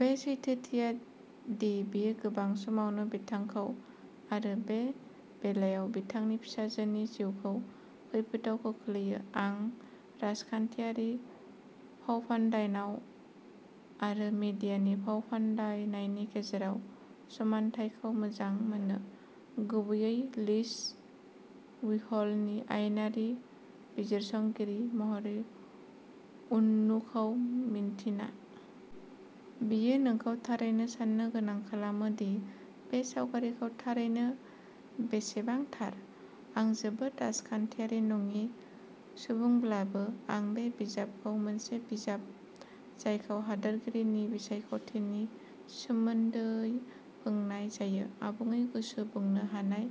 बे सैथोथिया दि बेयो गोबां समावनो बिथांखौ आरो बे बेलायाव बिथांनि फिसाजोनि जिउखौ खैफोदआव खोख्लैयो। आं राजखान्थियारि फावफान्दायनाय आरो मिडियानि फावफान्दायनायनि गेजेराव समानथायखौ मोजां मोनो, गुबैयै लिस विहलनि आयेनारि बिजिरसंगिरि महरै उननुखौ मिन्थिना। बेयो नोंखौ थारैनो साननो गोनां खालामो दि बे सावगारिखौ थारैनो बेसेबां थार। आं जोबोद राजखान्थियारि नङि सुबुंब्लाबो, आं बे बिजाबखौ मोनसे बिजाब जायखौ हादोरगिरिनि बिसायख'थिनि सोमोन्दै बुंनाय जायो। आबुङै गोसो बोनो हानाय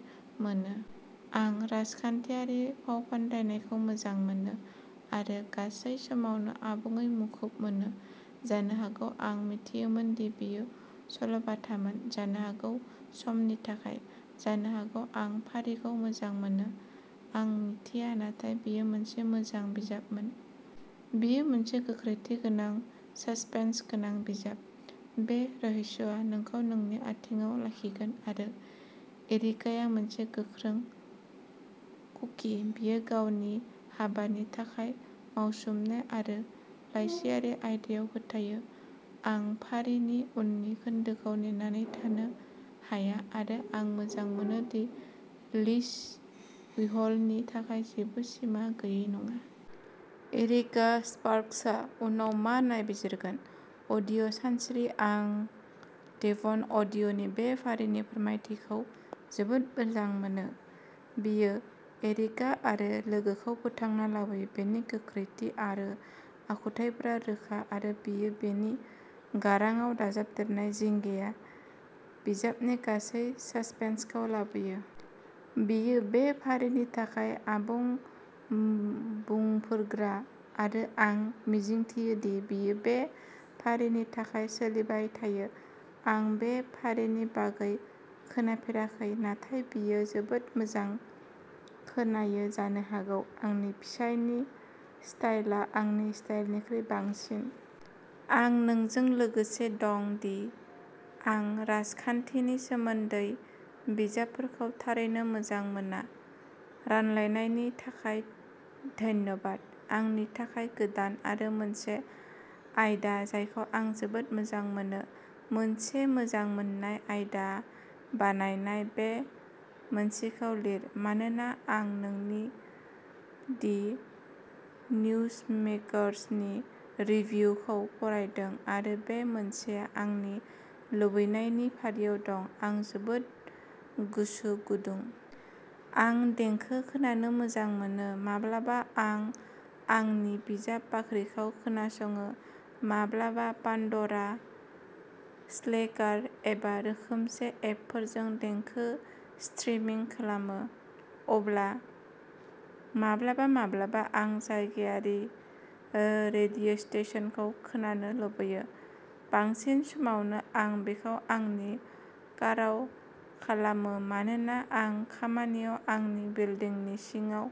मोनो। आं राजखान्थियारि फावफान्दायनायखौ मोजां मोनो आरो गासै समावनो आबुङै मुखुब मोनो। जानो हागौ आं मिथियोमोन दि बेयो सल'बाथामोन, जानो हागौ समनि थाखाय, जानो हागौ आं फारिखौ मोजां मोनो। आं मिथिया, नाथाय बेयो मोनसे मोजां बिजाबमोन। बेयो मोनसे गोख्रैथि गोनां, ससपेन्सगोनां बिजाब। बे रहस्यआ नोंखौ नोंनि आथिंआव लाखिगोन आरो एरिकाया मोनसे गोख्रों कुकि। बियो गावनि हाबानि थाखाय बावसोमनाय आरो लाइसिआरि आयदायाव फोथायो। आं फारिनि उननि खोन्दोखौ नेनानै थानो हाया आरो आं मोजां मोनो दि लिस विहलनि थाखाय जेबो सिमा गैयै नङा। एरिका स्पार्क्सआ उनाव मा नायबिजिरगोन? अडिअ' सानस्रि आं डेभन अ'डेनि बे फारिनि फोरमायथिखौ जोबोद मोजां मोनो। बियो एरिका आरो लोगोखौ फोथांना लाबोयो! बिनि गोख्रैथि आरो आखुथायफोरा रोखा आरो बियो बिनि गारांआव दाजाबदेरनाय जिंगाया बिजाबनि गासै ससपेन्सखौ लाबोयो। बियो बे फारिनि थाखाय आबुं बुंफोरग्रा आरो आं मिजिंथियो दि बियो बे फारिनि थाखाय सोलिबाय थायो। आं बे फारिनि बागै खोनाफेराखै, नाथाय बेयो जोबोद मोजां खोनायो जानो हागौ आंनि फिसायनि स्टाइलआ आंनि स्टाइलनिख्रुइ बांसिन। आं नोंजों लोगोसे दं दि आं राजखान्थिनि सोमोन्दै बिजाबफोरखौ थारैनो मोजां मोना। रानलायनायनि थाखाय धन्यबाद आंनि थाखाय गोदान आरो मोनसे आयदा जायखौ आं जोबोद मोजां मोनो। मोनसे मोजां मोन्नाय आयदा बानायनाय। बे मोनसेखौ लिर मानोना आं नोंनि दि निउजमेकर्सनि रिभिउखौ फरायदों आरो बे मोनसेआ आंनि लुबैनायनि फारियाव दं, आं जोबोद गोसो गुदुं! आं देंखो खोनानो मोजां मोनो। माब्लाबा आं आंनि बिजाब बाख्रिखौ खोनासङो, माब्लाबा पान्ड'रा, स्लेकार एबा रोखोमसे एपफोरजों देंखो स्ट्रिमिं खालामो। अब्ला माब्लाबा माब्लाबा आं जायगायारि रेडिय'स्टेशनखौ खोनानो लुबैयो। बांसिन समावनो आं बेखौ आंनि काराव खालामो मानोना आं खामानियाव आंनि बिल्दिंनि सिङाव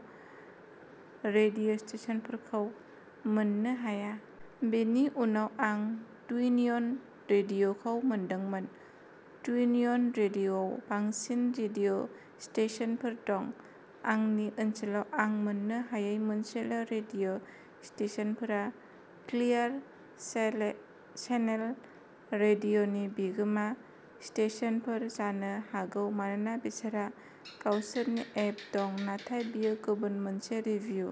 रेडिय'स्टेशनफोरखौ मोननो हाया। बेनि उनाव आं ट्युनइन रेडिय'खौ मोनदोंमोन। ट्युनइन रेडिय'आव बांसिन रेडिय'स्टेशनफोर दं। आंनि ओनसोलाव आं मोन्नो हायै मोनसेल' रेडिय' स्टेशनफोरा क्लियार चेनेल रेडिय'नि बिगोमा स्टेशनफोर, जानो हागौ मानोना बिसोरहा गावसोरनि एप दं, नाथाय बेयो गुबुन मोनसे रिभिउ।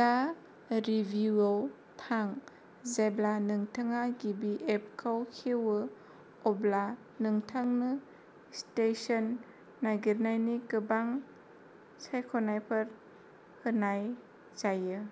दा रिभिउआव थां। जेब्ला नोंथाङा गिबि एपखौ खेवो अब्ला नोंथांनो स्टेशन नागिरनायनि गोबां सायख'नायफोर होनाय जायो।